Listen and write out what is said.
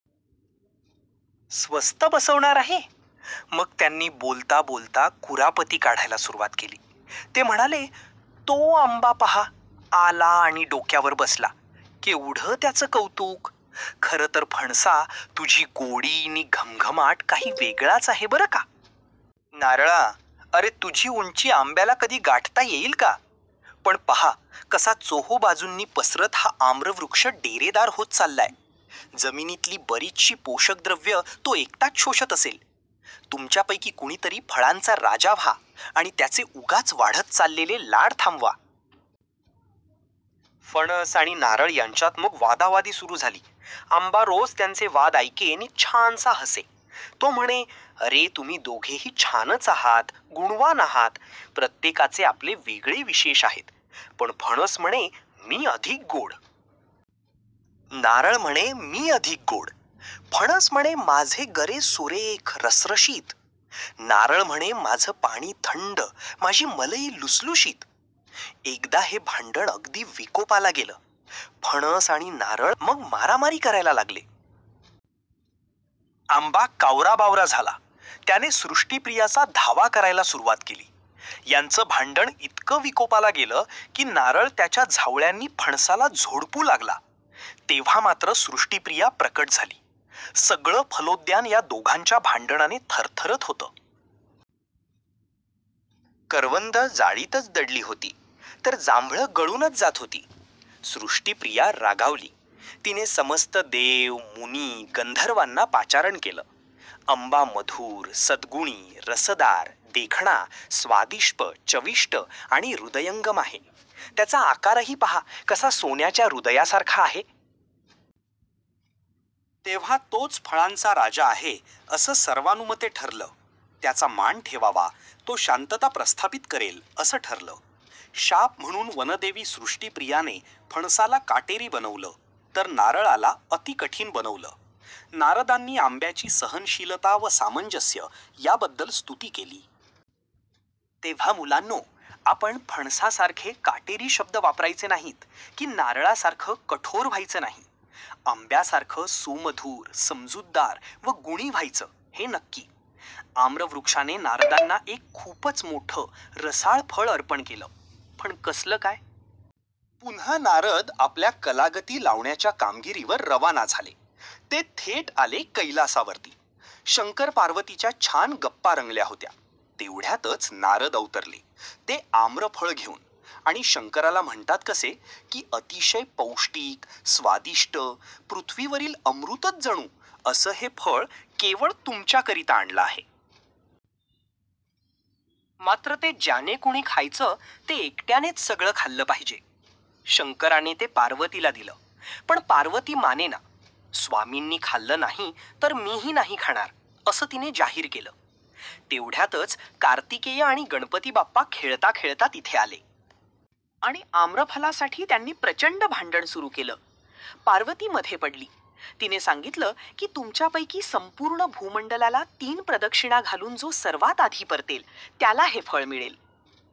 स्वस्थ बसवणार आहे? मग त्यांनी बोलता बोलता कुरापती काढायला सुरुवात केली. ते म्हणाले, 'तो आंबा पहा आला आणि डोक्यावर बसला. केवढं त्याचं कौतुक! खरंतर फणसा, तुझी गोडी नि घमघमाट काही वेगळाच आहे बरं का!! नारळा, अरे तुझी उंची आंब्याला कधी गाठता येईल का? पण पहा कसा चोहोबाजूंनी पसरत हा आम्रवृक्ष डेरेदार होत चालला आहे. जमिनीतली बरीचशी पोषक द्रव्यं तो एकटाच शोषत असेल. तुमच्यापैकी कुणीतरी फळांचा राजा व्हा आणि त्याचे उगाच वाढत चाललेले लाड थांबवा. '' फणस आणि नारळ यांच्यात मग वादावादी सुरू झाली. आंबा रोज त्यांचे वाद ऐके नि छानसा हसे. तो म्हणे, अरे, तुम्ही दोघेही छानच आहात, गुणवान आहात, प्रत्येकाचे आपले वेगळे विशेष आहेत. '' पण फणस म्हणे, मी अधिक गोड. नारळ म्हणे, मी अधिक गोड. फणस म्हणे, माझे गरे सुरेख रसरशीत. नारळ म्हणे, माझं पाणी थंड, माझी मलई लुसलुशीत.... एकदा हे भांडण अगदी विकोपाला गेलं. फणस आणि नारळ आधी भांडत होते. मग मारामारी करायला लागले. आंबा कावराबावरा झाला. त्याने सृष्टीप्रियाचा धावा करायला सुरुवात केली. यांचं भांडण इतकं विकोपाला गेलं की, नारळ त्याच्या झावळ्यांनी फणसाला झोडपू लागला. तेव्हा मात्र सृष्टीप्रिया प्रकट झाली. सगळं फलोद्यान या दोघांच्या भांडणाने थरथऱत होतं. करवंदं जाळीतच दडली होती. तर जांभळं गळूनच जात होती. सृष्टीप्रिया रागावली. तिने समस्त देव, मुनी, गंधर्वांना पाचारण केलं. आंबा मधुर, सद्गुणी, रसदार, देखणा, स्वादिष्ट, चविष्ट आणि हृदयंगम आहे. त्याचा आकारही पहा कसा सोन्याच्या हृदयासारखा आहे. तेव्हा तोच फळांचा राजा आहे, असं सर्वानुमते ठरलं. त्याचा मान ठेवावा. तो शांतता प्रस्थापित करेल, असं ठरलं. शाप म्हणून वनदेवी सृष्टीप्रियाने फणसाला काटेरी बनवलं. तर नारळाला अतिकठीण बनवलं. नारदांनी आंब्याची सहनशीलता व सामंजस्य याबद्दल स्तुती केली. तेव्हा मुलांनो, आपण फणसासारखे काटेरी शब्द वापरायचे नाहीत की, नारळासारखं कठोर व्हायचं नाही. आंब्यासारखं सुमधुर, समजूतदार व गुणी व्हायचं, हे नक्की. आम्रवृक्षाने नारदांना एक खूपच मोठं रसाळ फळ अर्पण केलं. पण कसलं काय? पुन्हा नारद आपल्या कलागती लावण्याच्या कामगिरीवर रवाना झाले. ते थेट आले कैलासावरती. शंकरपार्वतीच्या छान गप्पा रंगल्या होत्या. तेवढ्यातच नारद अवतरले ते आम्रफल घेऊन आणि शंकराला म्हणतात कसे की, अतिशय पौष्टिक, स्वादिष्ट पृथ्वीवरील अमृतच जणू असं हे फळ केवळ तुमच्याकरिता आणलं आहे. मात्र ते ज्याने कुणी खायचं, ते एकट्यानेच सगळं खाल्लं पाहिजे. शंकराने ते पार्वतीला दिलं. पण पार्वती मानेना. स्वामींनी खाल्लं नाही, तर मीही नाही खाणार, असं तिने जाहीर केलं. तेवढ्यातच कार्तिकेय आणि गणपतीबाप्पा खेळताखेळता तिथे आले. आणि आम्रफलासाठी त्यांनी प्रचंड भांडण सुरू केलं. पार्वती मध्ये पडली. तिने सांगितलं की, तुमच्यापैकी संपूर्ण भूमंडलाला तीन प्रदक्षिणा घालून जो सर्वात आधी परतेल, त्याला हे फळ मिळेल.